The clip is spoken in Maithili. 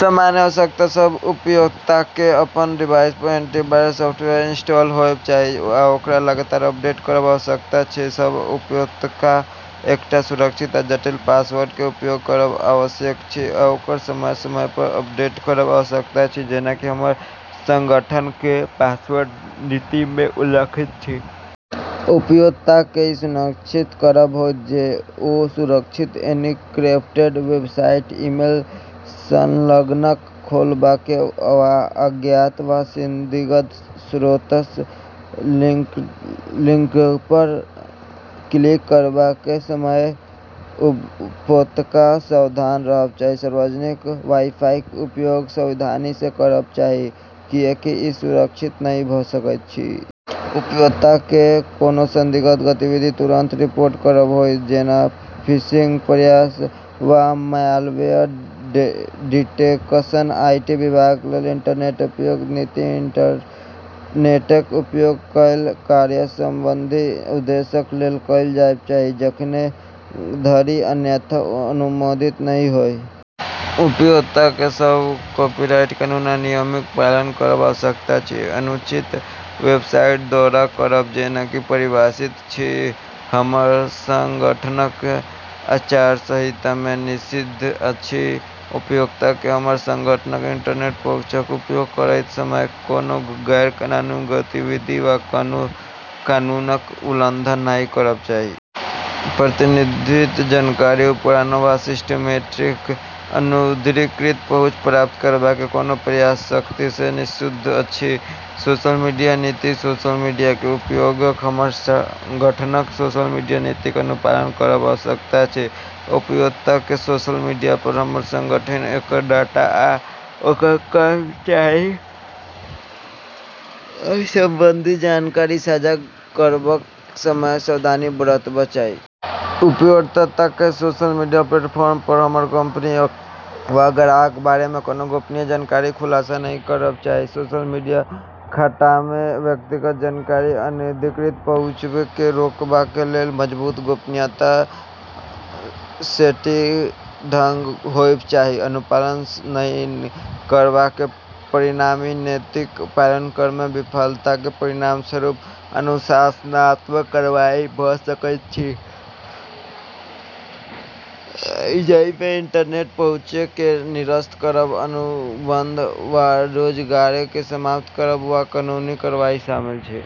सामान्य आवश्यकता सभ उपयोक्ताकेँ अपन डिवाइसपर एन्टीवायरस सफ्टवेयर इन्स्टल होएब चाही, आ ओकरा लगातार अपडेट करब आवश्यक अछि। सभ उपयोक्ताकेँ एकटा सुरक्षित आ जटिल पासवर्डक उपयोग करब आवश्यक अछि आ ओकरा समय-समयपर अपडेट करब आवश्यक अछि जेना कि हमर सङ्गठनक पासवर्ड नीतिमे उल्लिखित अछि। उपयोक्ताकेँ ई सुनिश्चित करब होएत जे ओ सुरक्षित, एन्क्रिप्टेड वेबसाइट (अर्थात) ईमेल संलग्नक खोलबाक वा अज्ञात वा संदिग्ध स्रोतसँ लिङ्कपर क्लिक करबाक समय उपयोक्ताकेँ सावधान रहब चाही। सार्वजनिक वाइफाइक उपयोग सावधानीसँ करब चाही, किएकि ई सुरक्षित नहि भऽ सकैत अछि। उपयोक्ताकेँ कोनो संदिग्ध गतिविधिक तुरंत रिपोर्ट करब होएत, जेना फिशिङ्ग प्रयास वा म्यालवेयर डिटेकसन, आइटी विभागक लेल। इन्टरनेट उपयोग नीति इन्टरनेटक उपयोग केवल कार्यसँ सम्बन्धित उद्देश्यक लेल कएल जाएब चाही, जखन धरि अन्यथा अनुमोदित नहि होय। उपयोक्ताकेँ सभ कपीराइट कानून आ नियमक पालन करब आवश्यक अछि। अनुचित वेबसाइटक दौरा करब, जेना कि परिभाषित अछि, हमर सङ्गठनक आचार संहितामे, निषिद्ध अछि। उपयोक्ताकेँ हमर सङ्गठनक इन्टरनेट पहुँचक उपयोग करैत समय कोनो गैरकानूनी गतिविधि वा कोनो कानूनक उल्लङ्घन नहि करब चाही। प्रतिबन्धित जानकारी, उपकरण, वा सिस्टमक अनधिकृत पहुँच प्राप्त करबाक कोनो प्रयास सख्तीसँ निषिद्ध अछि। सोसल मिडिया नीति सोसल मिडियाक उपयोगकेँ हमर सङ्गठनक सोसल मिडिया नीतिक अनुपालन करब आवश्यक अछि। उपयोक्ताकेँ सोसल मिडियापर हमर सङ्गठन, ओकर डाटा, आ ओकर कर्मचारीसँ सम्बन्धित जानकारी साझा करबाक समय सावधानी बरतब चाही। उपयोक्ताकेँ सोसल मिडिया प्लेटफर्मपर हमर कम्पनी वा ग्राहकक बारेमे कोनो गोपनीय जानकारीक खुलासा नहि करब चाही। सोसल मिडिया खाटामे व्यक्तिगत जानकारीक अनधिकृत पहुँचकेँ रोकबाक लेल मजबुत गोपनीयता सेटिङ्ग्स होएब चाही। अनुपालन नहि करबाक परिणाम ई नीतिक पालन करैमे विफलताक परिणामस्वरूप अनुशासनात्मक कार्रवाई भऽ सकैत अछि, जाहिमे इन्टरनेट पहुँचकेँ निरस्त करब, अनुबन्ध वा रोजगारकेँ समाप्त करब, वा कानूनी कार्रवाई शामिल अछि।